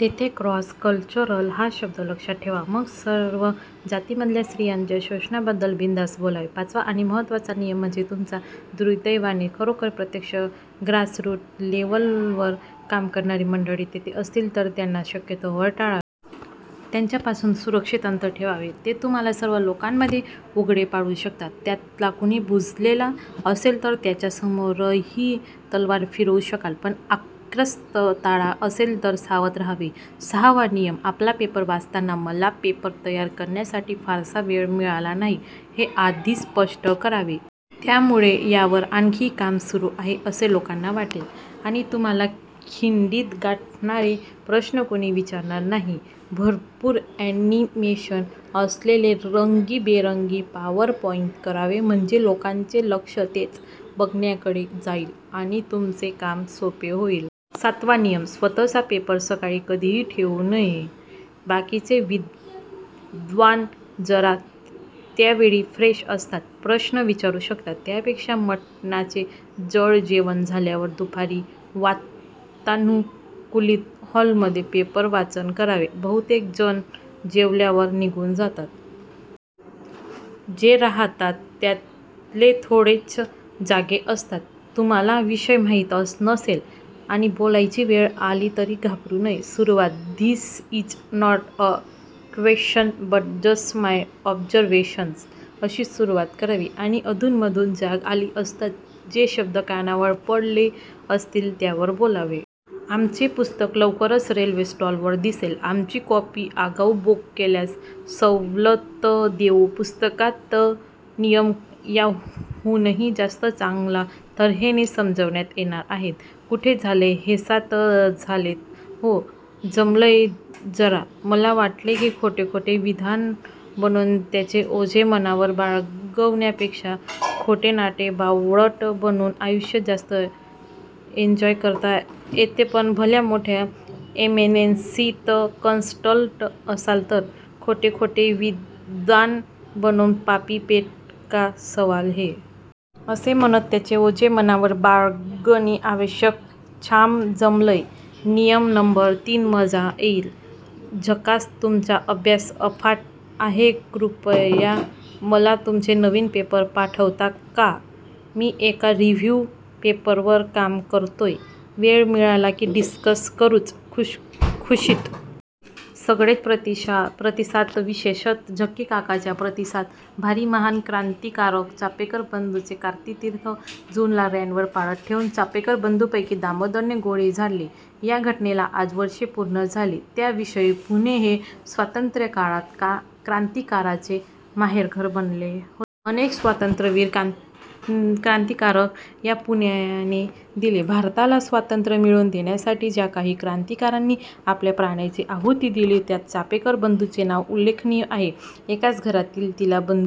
तेथे 'cross cultural हा शब्द लक्षात ठेवावा. मग सर्व जातींमधल्या स्त्रीयांच्या शोषणाबद्दल बिनधास्त बोलावे. पाचवा आणि महत्त्वाचा नियम म्हणजे तुमच्या दुर्दैवाने खरोखर प्रत्यक्ष ग्रासरूट लेव्हलवर काम करणारी मंडळी तेथे असतील तर त्यांना शक्यतोवर टाळा. त्यांच्यापासून सुरक्षित अंतर ठेवावे. ते तुम्हाला सर्व लोकांमध्ये उघडे पाडू शकतात. त्यातला कुणी बुजलेला असेल तर त्याच्यासमोरही तलवार फिरवू शकाल पण आक्रस्ताळा असेल तर सावध राहावे. सहावा नियम, आपला पेपर वाचताना मला पेपर तयार करण्यासाठी फारसा वेळ मिळाला नाही हे आधी स्पष्ट करावे. त्यामुळे यावर आणखी काम सुरु आहे असे लोकांना वाटेल आणि तुम्हाला खिंडीत गाठणारे प्रश्न कुणी विचारणार नाही. भरपूर अॅनिमेशन असलेले रंगिबेरंगी पॉवरपॉईंट करावे म्हणजे लोकांचे लक्ष तेच बघण्याकडे जाईल आणि तुमचे काम सोपे होईल. सातवा नियम, स्वतःचा पेपर सकाळी कधिही ठेऊ नये. बाकीचे विद्वान जरा त्यावेळी फ्रेश असतात. प्रश्न विचारु शकतात. त्यापेक्षा मटणाचे जड जेवण झाल्यावर दुपारी वातानुकूलित हॉलमध्ये पेपर वाचन करावे. बहुतेक जण जेवल्यावर निघुन जातात. जे राहतात त्यातले थोडेच जागे असतात. तुम्हाला विषय माहीत नसेल आणि बोलायची वेळ आली तरी घाबरु नये. सुरुवात "this is not a question but just my observations.. " अशी सुरुवात करावी आणि अधून मधून जाग आली असता जे शब्द कानावर पडले असतील त्यावर बोलावे. आमचे पुस्तक लवकरच रेल्वे स्टॉलवर दिसेल. आपली कॉपी आगाऊ बुक केल्यास सवलत देऊ. पुस्तकात नियम याहूनही जास्त चांगल्या तर्हेने समजवण्यात येणार आहेत. कुठे.. झाले हेसात झालेत हो. जमलंयजरा, मला वाटते की खोटे खोटे विद्वान बनून त्याचे ओझे मनावर बाळगण्यापेक्षा खोटेनाटे बावळट बनून आयुष्य जास्त एंजॉय करता येतेपण भल्या मोठ्या एमेन्सि त कन्सल्टंट असाल तर खोटे खोटे विद्वान बनून, पापी पेट का सवाल है!, असे म्हणत त्याचे ओझे मनावर बाळगणे आवश्यक. छाम जमलंय. नियम नंबर तीनमजा येईल. झकासतुमचा अभ्यास अफाट आहेकृपया मला तुमचे नविन पेपर पाठवता का? मि एका रिव्ह्यु पेपरवर काम करतोय, वेळ मिळाला कि डिस्कस करुच+ खुसखुशीत! सगळेच प्रतिसाद विशेषतः झक्की काकांचा प्रतिसाद भारी महान क्रांतिकाराक चापेकर बंधूंचे 'क्रांतितीर्थ' जून ला रँडवर पाळत ठेवून चापेकर बंधूंपैकी दामोदरने गोळी झाडली. या घटनेला आज वर्षे पूर्ण झाली. त्या विषयी.. पुणे हे स्वातंत्र्यकाळात क्रांतिकाराकांचे माहेरघर बनले होते. अनेक स्वातंत्र्यवीर, क्रांतिकारक या पुण्याने दिले. भारताला स्वातंत्र्य मिळवून देण्यासाठी ज्या काही क्रांतिकारांनी आपल्या प्राणांची आहुती दिली त्यात चापेकर बंधूंचे नाव उल्लेखनीय आहे. एकाच घरातील तिघा बंधुंना